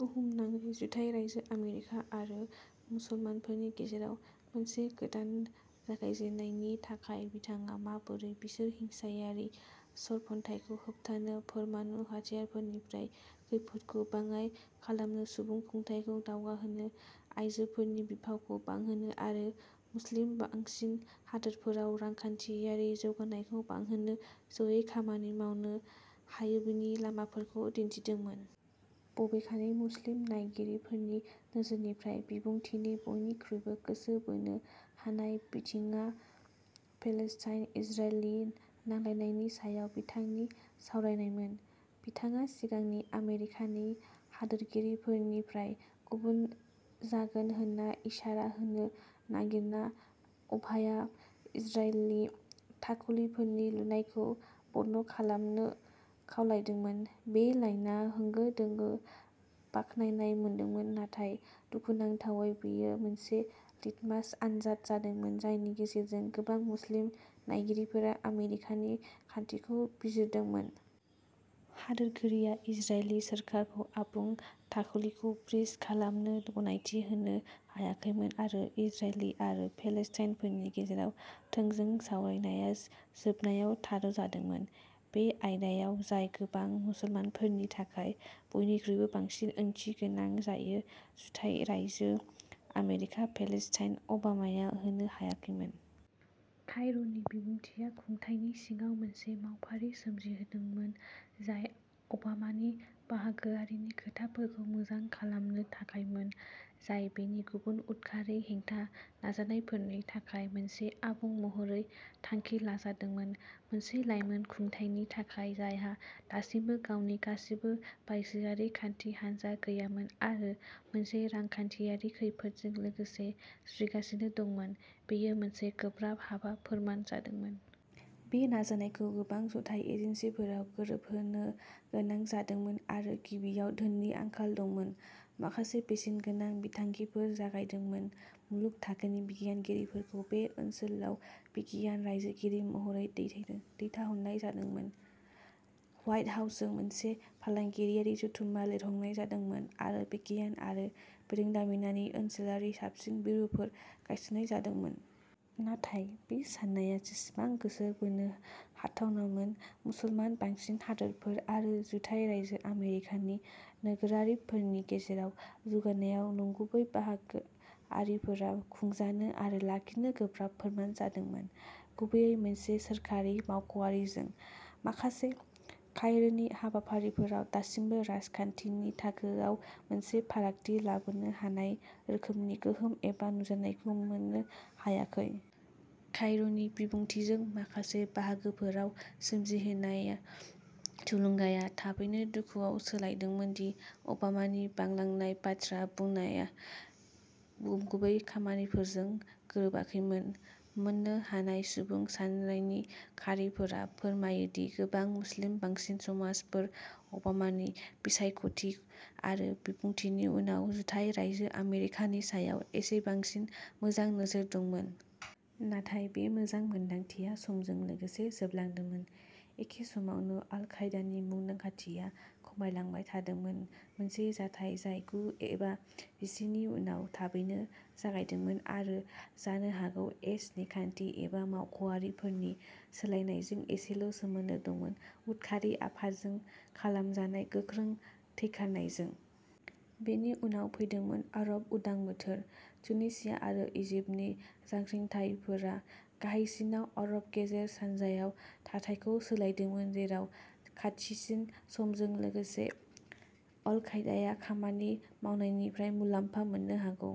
बुहुमनाङै जुथाइ रायजो आमेरिका आरो मुसलमानफोरनि गेजेराव "मोनसे गोदान जागायजेन्नाय" नि थाखाय बिथाङा माबोरै बिसोर हिंसायारि चरमपन्थाखौ होबथानो परमाणु हाथियारफोरनिफ्राय खैफोदखौ बाङाइ खालामनो सुबुंखुंथाइखौ दावगाहोनो आयजोफोरनि बिफावखौ बांहोनो आरो मुस्लिम बांसिन हादोरफोराव रांखान्थियारि जौगानायखौ बांहोनो ज'यै खामानि मावनो हायोबेनि लामाफोरखौ दिन्थिदोंमोन। बबेखानि मुस्लिम नायगिरिफोरनि नोजोरनिफ्राय बिबुंथिनि बयनिख्रुइबो गोसो बोनो हानाय बिथिंआ पेलेस्टाइन इजराइलनि नांलायनायनि सायाव बिथांनि सावरायनायमोन। बिथाङा सिगांनि आमेरिकानि हादोरगिरिफोरनिफ्राय गुबुन जागोन होन्ना इसारा होनो नागिरना अबाया इजरायली थाखुलिफोरनि लुनायखौ बन्द'खालामनो खावलायदोंमोन। बे लाइनआ होंगो-दोंगो बाखनायनाय मोनदोंमोन नाथाय दुखुनांथावै बेयो मोनसे लिटमास आनजाद जादोंमोन जायनि गेजेरजों गोबां मुस्लिम नायगिरिफोरा आमेरिकानि खान्थिखौ बिजिरदोंमोन। हादोरगिरिया इजरायली सोरखारखौ आबुं थाखुलिखौ फ्रीज खालामनो गनायथि होनो हायाखैमोन आरो इजरायली आरो पेलेस्टाइनफोरनि गेजेराव थोंजों सावरायनाया जोबनायाव थाद'जादोंमोन। बे आयदायाव जाय गोबां मुसलमानफोरनि थाखाय बयनिख्रुइबो बांसिन ओंथि गोनां जायो जुथाइ रायजो आमेरिका पेलेस्टाइन अबामाया होनो हायाखैमोन। कायर'नि बिबुंथिया खुंथायनि सिङाव मोनसे मावफारि सोमजिहोदोंमोन जाय अबामानि बाहागोआरिनि खोथाफोरखौ मोजां खालामनो थाखायमोन जाय बेनि गुबुन उदखारि हेंथा नाजानायफोरनि थाखाय मोनसे आबुं महरै थांखि लाजादोंमोन। मोनसे लाइमोन खुंथायनि थाखाय जायहा दासिमबो गावनि गासिबो बायजोआरि खान्थि हानजा गैयामोन आरो मोनसे रांखान्थियारि खैफोदजों लोगोसे जुजिगासिनो दंमोन बेयो मोनसे गोब्राब हाबा फोरमान जादोंमोन। बे नाजानायखौ गोबां जथाय एजेन्सिफोराव गोरोबहोनो गोनां जादोंमोन आरो गिबियाव धोननि आंखाल दंमोन। माखासे बेसेनगोनां बिथांखिफोर जागायदोंमोन मुलुग थाखोनि बिगियानगिरिफोरखौ बे ओनसोलाव बिगियान रायजोगिरि महरै दैथायहरनाय जादोंमोन। ह्वाइट हाउसजों मोनसे फालांगियारि जथुम्मा लिंहरनाय जादोंमोन आरो बिगियान आरो बिरोंदामिननि ओनसोलारि साबसिन मिरुफोर गायसन्नाय जादोंमोन। नाथाय बे साननाया जेसेबां गोसो बोनो हाथावनामोन मुसलमान बांसिन हादोरफोर आरो जुथाइ रायजो आमेरिकानि नोगोरारिफोरनि गेजेराव जौगानायाव नंगुबै बाहागोआरिफोरा खुंजानो आरो लाखिनो गोब्राब फोरमान जादोंमोन गुबैयै मोनसे सोरखारि मावख'आरिजों। माखासे कायरोनि हाबाफारिफोरा दासिमबो राजखान्थिनि थाखोआव मोनसे फारागथि लाबोनो हानाय रोखोमनि गोहोम एबा नुजानायखौ मोननो हायाखै। कायरोनि बिबुंथिजों माखासे बाहागोफोराव सोमजिहोजानाय थुलुंगाया थाबैनो दुखुआव सोलायदोंमोन दि अबामानि बांलांनाय बाथ्रा बुंनाया नंगुबै खामानिफोरजों गोरोबाखैमोन। मोन्नो हानाय सुबुं सान्नायनि खारिफोरा फोरमायो दि गोबां मुस्लिम बांसिन समाजफोर अबामानि बिसायख'थि आरो बिबुंथिनि उनाव जुथाइ रायजो आमेरिकानि सायाव एसे बांसिन मोजां नोजोर दंमोन। नाथाय बे मोजां मोन्दांथिया समजों लोगोसे जोबलांदोंमोन। एखे समावनो आल कायदानि मुंदांखाथिया खमायलांबाय थादोंमोन मोनसे जाथाय जाय गु एबा जिसे नि उनाव थाबैनो जागायदोंमोन आरो जानो हागौ एस. नि खान्थि एबा मावख'आरिफोरनि सोलायनायजों एसेल' सोमोन्दो दंमोन उदखारि आफादजों खालामजानाय गोख्रों थैखारनायजों। बेनि उनाव फैदोंमोन आरब उदां बोथोर। तुनिसिया आरो इजिप्टनि जांख्रिथायफोरा गाहायसिनाव आरब गेजेर सानजायाव थाथायखौ सोलायदोंमोन। जेराव खाथिसिन समजों लोगोसे अल कायदाया खामानि मावनायनिफ्राय मुलाम्फा मोननो हागौ।